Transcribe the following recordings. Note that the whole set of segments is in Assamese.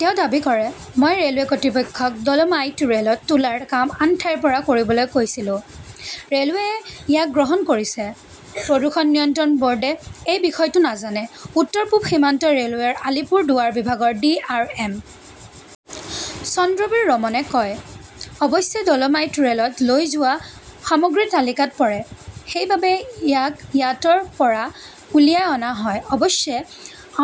তেওঁ দাবী কৰে, "মই ৰেলৱে কৰ্তৃপক্ষক ডল'মাইট ৰেলত তোলাৰ কাম আন ঠাইৰ পৰা কৰিবলৈ কৈছিলোঁ। ৰেলৱেয়ে ইয়াক গ্ৰহণ কৰিছে। "প্ৰদূষণ নিয়ন্ত্ৰণ বৰ্ডে এই বিষয়টো নাজানে", উত্তৰ-পূব সীমান্ত ৰেলৱেৰ আলিপুৰদুৱাৰ বিভাগৰ ডি. আৰ. এম. চন্দ্ৰবীৰ ৰমনে কয়। অৱশ্যে, ডল'মাইট ৰেলত লৈ যোৱা সামগ্ৰীৰ তালিকাত পৰে। সেইবাবেই ইয়াক ইয়াতৰ পৰা উলিয়াই অনা হয়। অৱশ্যে,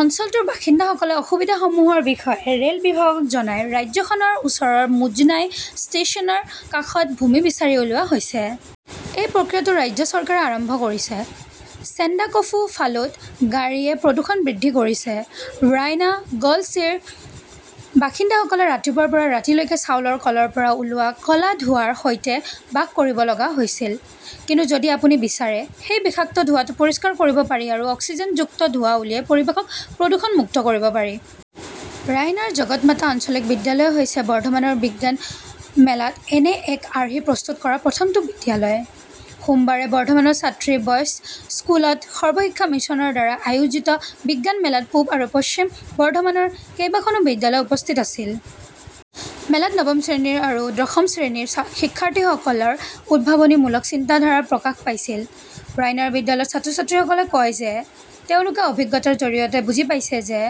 অঞ্চলটোৰ বাসিন্দাসকলে অসুবিধাসমূহৰ বিষয়ে ৰেলবিভাগক জনায়। ৰাজ্যখনৰ ওচৰৰ মুজনাই ষ্টেচনৰ কাষত ভূমি বিচাৰি উলিওৱা হৈছে। সেই প্ৰক্ৰিয়াটো ৰাজ্য চৰকাৰে আৰম্ভ কৰিছে। চেণ্ডাকফু-ফালুত গাড়ীয়ে প্ৰদূষণ বৃদ্ধি কৰিছে । ৰাইনা, গ 'লছিৰ বাসিন্দাসকলে ৰাতিপুৱাৰ পৰা ৰাতি লৈকে চাউলৰ কলৰ পৰা ওলোৱা ক' লা ধোঁৱাৰ সৈতে বাস কৰিব লগা হৈছিল। কিন্তু যদি আপুনি বিচাৰে, সেই বিষাক্ত ধোঁৱাটো পৰিষ্কাৰ কৰিব পাৰি আৰু অক্সিজেনযুক্ত ধোঁৱা উলিয়াই পৰিৱেশক প্ৰদুষণমূক্ত কৰিব পাৰি। ৰায়নাৰ জগতমাতা আঞ্চলিক বিদ্যালয় হৈছে বৰ্ধমানৰ বিজ্ঞান মেলাত এনে এক আৰ্হি প্ৰস্তুত কৰা প্ৰথমটো বিদ্যালয়। সোমবাৰে বৰ্ধমানৰ ছাত্ৰী বয়ছ স্কুলত সৰ্বশিক্ষা মিছনৰ দ্বাৰা আয়োজিত বিজ্ঞান মেলাত পূব আৰু পশ্চিম বৰ্ধমানৰ কেইবাখনো বিদ্যালয় উপস্থিত আছিল। মেলাত নৱম আৰু দশম শ্ৰেণীৰ শিক্ষাৰ্থীসকলৰ উদ্ভাৱনীমূলক চিন্তাধাৰা প্ৰকাশ পাইছিল। ৰাইনাৰ বিদ্যালয়ৰ ছাত্ৰ-ছাত্ৰীসকলে কয় যে, তেওঁলোকে অভিজ্ঞতাৰ জৰিয়তে বুজি পাইছে যে,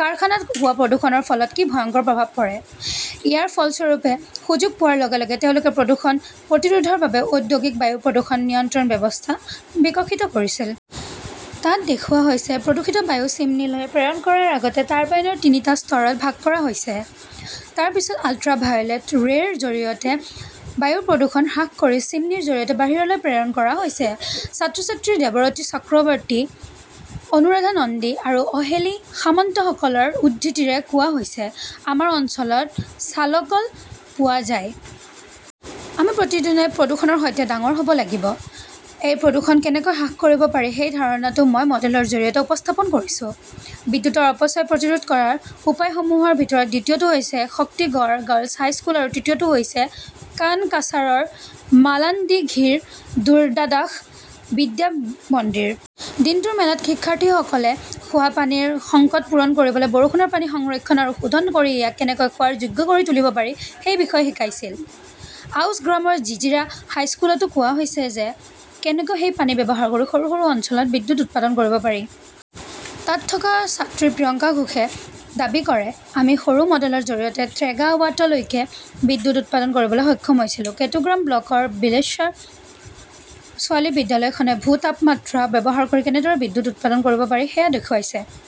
কাৰখানাত হোৱা প্ৰদূষণৰ ফলত কি ভয়ংকৰ প্ৰভাৱ পৰে। ইয়াৰ ফলস্বৰূপে সুযোগ পোৱাৰ লগে লগে তেওঁলোকে প্ৰদূষণ প্ৰতিৰোধৰ বাবে "ঔদ্যোগিক বায়ু প্ৰদূষণ নিয়ন্ত্ৰণ ব্যৱস্থা" বিকশিত কৰিছিল। তাত দেখুওৱা হৈছে, প্ৰদূষিত বায়ু চিমনীলৈ প্ৰেৰণ কৰাৰ আগতে টাৰ্বাইনৰ তিনিটা স্তৰত ভাগ কৰা হৈছে। তাৰ পিছত 'আল্ট্ৰা ভায়োলেট ৰে" ৰ জৰিয়তে বায়ু প্ৰদূষণ হ্ৰাস কৰি চিমনীৰ জৰিয়তে বাহিৰলৈ প্ৰেৰণ কৰা হৈছে। ছাত্ৰ-ছাত্ৰী দেৱৰতী চক্ৰৱৰ্তী, অনুৰাধা নন্দী আৰু অহেলি সামন্তসকলৰ উদ্ধৃতিৰে কোৱা হৈছে, "আমাৰ অঞ্চলত চালকল পোৱা যায়। আমি প্ৰতিদিনে প্ৰদূষণৰ সৈতে ডাঙৰ হ 'ব লাগিব। এই প্ৰদূষণ কেনেকৈ হ্ৰাস কৰিব পাৰি সেই ধাৰণাটো মই মডেলৰ জৰিয়তে উপস্থাপন কৰিছো। "বিদ্যুৎৰ অপচয় প্ৰতিৰোধ কৰাৰ উপায়সমূহৰ ভিতৰত দ্বিতীয়টো হৈছে শক্তিগড় গাৰ্লছ হাইস্কুল আৰু তৃতীয়টো হৈছে কানকাছাৰৰ মালাণ্ডিঘিৰ দুৰ্গাদাস বিদ্যা মন্দিৰ। দিনটোৰ মেলাত শিক্ষাৰ্থীসকলে খোৱা পানীৰ সংকট পূৰণ কৰিবলৈ বৰষুণৰ পানী সংৰক্ষণ আৰু শোধন কৰি ইয়াক কেনেকৈ খোৱাৰ যোগ্য কৰি তুলিব পাৰি সেই বিষয়ে শিকাইছিল। আউছগ্ৰামৰ জিজিৰা হাইস্কুলতো কোৱা হৈছে যে, কেনেকৈ সেই পানী ব্যৱহাৰ কৰি সৰু সৰু অঞ্চলত বিদ্যুৎ উৎপাদন কৰিব পাৰি। তাত থকা ছাত্ৰী প্ৰিয়ংকা ঘোষে দাবী কৰে, "আমি সৰু মডেলৰ জৰিয়তে ট্ৰেগাৱাটলৈকে বিদ্যুৎ উৎপাদন কৰিবলৈ সক্ষম হৈছিলো"। কেটুগ্ৰাম ব্লকৰ বিল্লেশ্বৰ ছোৱালী বিদ্যালয়খনে ভূ-তাপমাত্ৰা ব্যৱহাৰ কৰি কেনেদৰে বিদ্যুৎ উৎপাদন কৰিব পাৰি সেয়া দেখুৱাইছে।